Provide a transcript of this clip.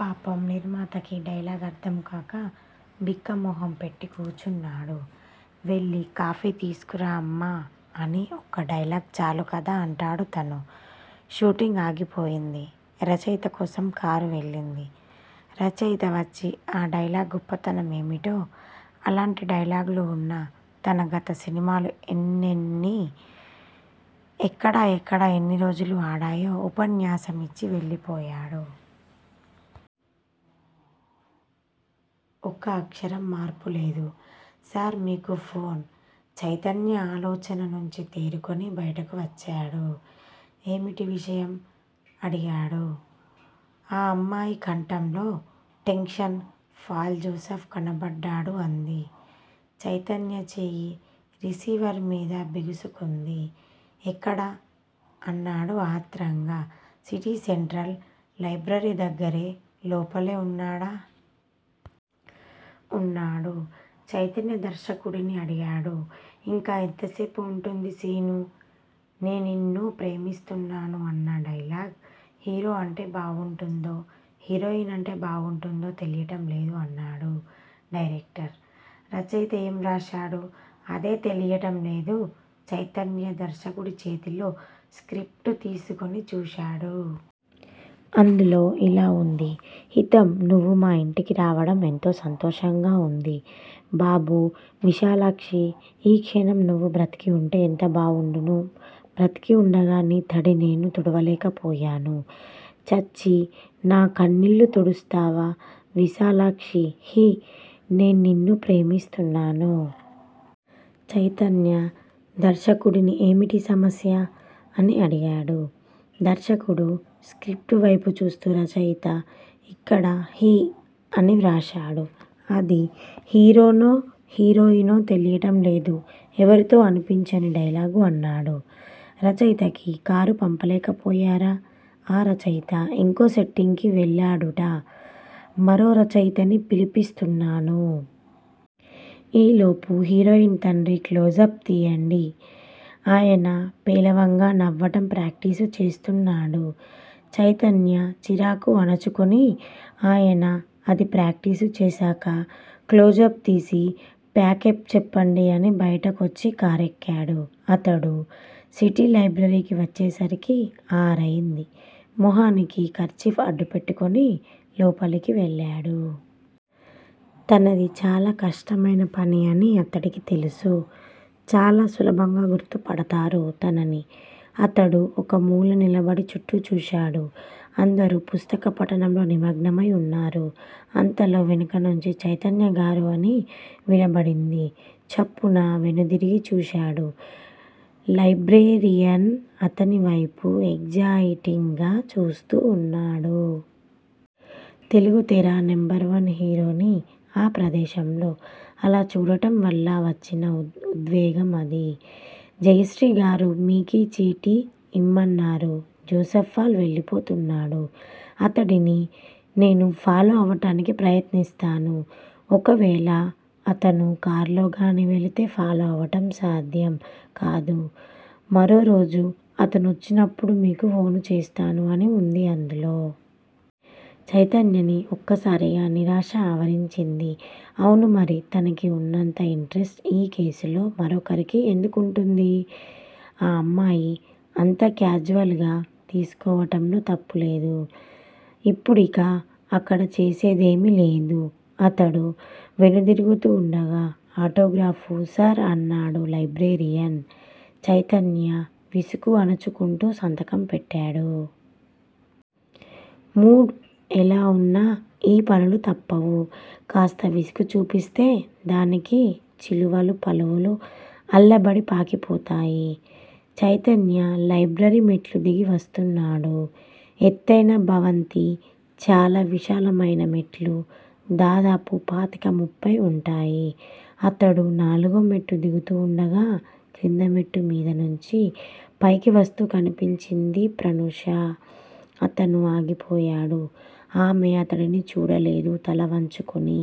పాపం నిర్మాతకి డైలాగ్ అర్ధంకాక బిక్కమొహం పెట్టి కూర్చున్నాడు. వెళ్ళి కాఫీ తీసుకురా అమ్మా అని ఒక్క డైలాగ్ చాలుకదా అంటాడు తను. షూటింగ్ ఆగిపోయింది. రచయిత కోసం కారు వెళ్ళింది. రచయిత వచ్చి ఆ డైలాగ్ గొప్పతనం ఏమిటో, అలాంటి డైలాగ్ లు వున్న తన గత సినిమాలు ఎన్నెన్ని ఎక్కడ ఎక్కడ ఎన్నిరోజులు ఆడాయో ఉపన్యాసం ఇచ్చి వెళ్ళిపోయాడు. ఒక్క అక్షరం మార్పులేదు. సార్ మీకు ఫోన్. చైతన్య ఆలోచన నుంచి తేరుకుని బయటకు వచ్చాడు. ఏమిటి విషయం? అడిగాడు. ఆ అమ్మాయి కంఠంలో టెన్షన్. పాల్ జోసెఫ్ కనపడ్డాడు అంది. చైతన్య చేయి రిసీవర్ మీద బిగుసుకుంది. ఎక్కడ? అన్నాడు ఆత్రంగా. సిటీ సెంట్రల్ లైబ్రరీ దగ్గరే లోపలే వున్నాడా? ఉన్నాడు. చైతన్య దర్శకుడిని అడిగాడు. ఇంకా ఎంతసేపు వుంటుంది సీను? నేన్నిన్ను ప్రేమిస్తున్నాను అన్న డైలాగ్ హీరో అంటే బావుంటుందో- హీరోయిన్ అంటే బావుంటుందో తెలియటం లేదు అన్నాడు డైరెక్టర్. రచయిత ఏం వ్రాశాడు? అదే తెలియటం లేదు. చైతన్య దర్శకుడి చేతిలో స్క్రిప్టు తీసుకుని చూశాడు. అందులో ఇలా వుంది. హీతం నువ్వు మా ఇంటికి రావటం ఎంతో సంతోషంగా వుంది బాబూ! విశాలాక్షీ! ఈ క్షణం నువ్వు బ్రతికి వుంటే ఎంత బావుండును. బ్రతికి వుండగా నీ తడి నేను తుడవలేకపోయాను. చచ్చి, నా కన్నీళ్ళు తుడుస్తావా విసాలాక్షీ హీ: నేన్నిన్ను ప్రేమిస్తున్నాను. చైతన్య దర్శకుడిని ఏమిటి సమస్య? అని అడిగాడు. దర్శకుడు స్క్రిప్టు వైపు చూస్తూ రచయిత ఇక్కడ 'హీ' అని వ్రాశాడు. అది హీరోనో, హీరోయినో తెలియటంలేదు. ఎవరితో అనిపించను డైలాగు? అన్నాడు. రచయితకి కారు పంపలేకపోయారా? ఆ రచయిత ఇంకో సెట్టింగ్ కి వెళ్ళాడుట. మరో రచయితని పిలిపిస్తున్నాను. ఈలోపు హీరోయిన్ తండ్రి క్లోజప్ తీయండి. ఆయన పేలవంగా నవ్వటం ప్రాక్టీసు చేస్తున్నాడు. చైతన్య చిరాకు అణచుకుని ఆయన అది ప్రాక్టీసు చేశాక 'క్లోజప్' తీసి 'ప్యాకెప్' చెప్పండి అని బయటకొచ్చి కారెక్కాడు. అతడు సిటీ లైబ్రరీకి వచ్చేసరికి ఆరయింది. మొహానికి కర్చీఫ్ అడ్డుపెట్టుకుని లోపలికి వెళ్ళాడు. తనది చాలా కష్టమైన పని అని అతడికి తెలుసు. చాలా సులభంగా గుర్తుపడతారు తనని. అతడు ఒక మూల నిలబడి చుట్టూ చూశాడు. అందరూ పుస్తక పఠనంలో నిమగ్నమై వున్నారు. అంతలో వెనుక నుంచి చైతన్యగారూ! అని వినబడింది. చప్పున వెనుదిరిగి చూశాడు. లైబ్రేరియన్ అతనివైపు ఎగ్జయిటింగ్ గా చూస్తూ వున్నాడు. తెలుగుతెర నెంబర్ వన్ హీరోని ఆ ప్రదేశంలో అలా చూడటంవల్ల వచ్చిన ఉద్వేగం అది. జయశ్రీగారు మీకీ చీటీ యిమ్మన్నారు- జోసెఫ్ పాల్ వెళ్ళిపోతున్నాడు. అతడిని నేను ఫాలో అవటానికి ప్రయత్నిస్తాను. ఒకవేళ అతను కార్లోగాని వెళితే ఫాలో అవటం సాధ్యం కాదు. మరోరోజు అతనొచ్చినప్పుడు మీకు ఫోను చేస్తాను అని వుంది అందులో. చైతన్యని ఒక్కసారిగా నిరాశ ఆవరించింది. అవునుమరి, తనకి వున్నంత ఇంటరెస్ట్ ఈ కేసులో మరొకరికి ఎందుకుంటుంది? ఆ అమ్మాయి అంత క్యాజువల్ గా తీసుకోవటంలో తప్పులేదు. ఇప్పుడిక అక్కడ చేసేదేమీ లేదు. అతడు వెనుదిరుగుతూ వుండగా ఆటోగ్రాఫు సార్! అన్నాడు లైబ్రేరియన్. చైతన్య విసుగు అణచుకుంటూ సంతకం పెట్టాడు. మూడ్ ఎలావున్నా ఈ పనులు తప్పవు. కాస్త విసుగు చూపిస్తే దానికి చిలువలు పలువలు అల్లబడి పాకిపోతాయి. చైతన్య లైబ్రరీ మెట్లుదిగి వస్తున్నాడు. ఎత్తయిన భవంతి, చాలా విశాలమైన మెట్లు- దాదాపు పాతిక ముప్పై వుంటాయి. అతడు నాలుగో మెట్టు దిగుతూ వుండగా- క్రింద మెట్టు మీదనుంచి పైకి వస్తూ కనిపించింది ప్రనూష. అతను ఆగిపోయాడు. ఆమె అతడిని చూడలేదు. తల వంచుకుని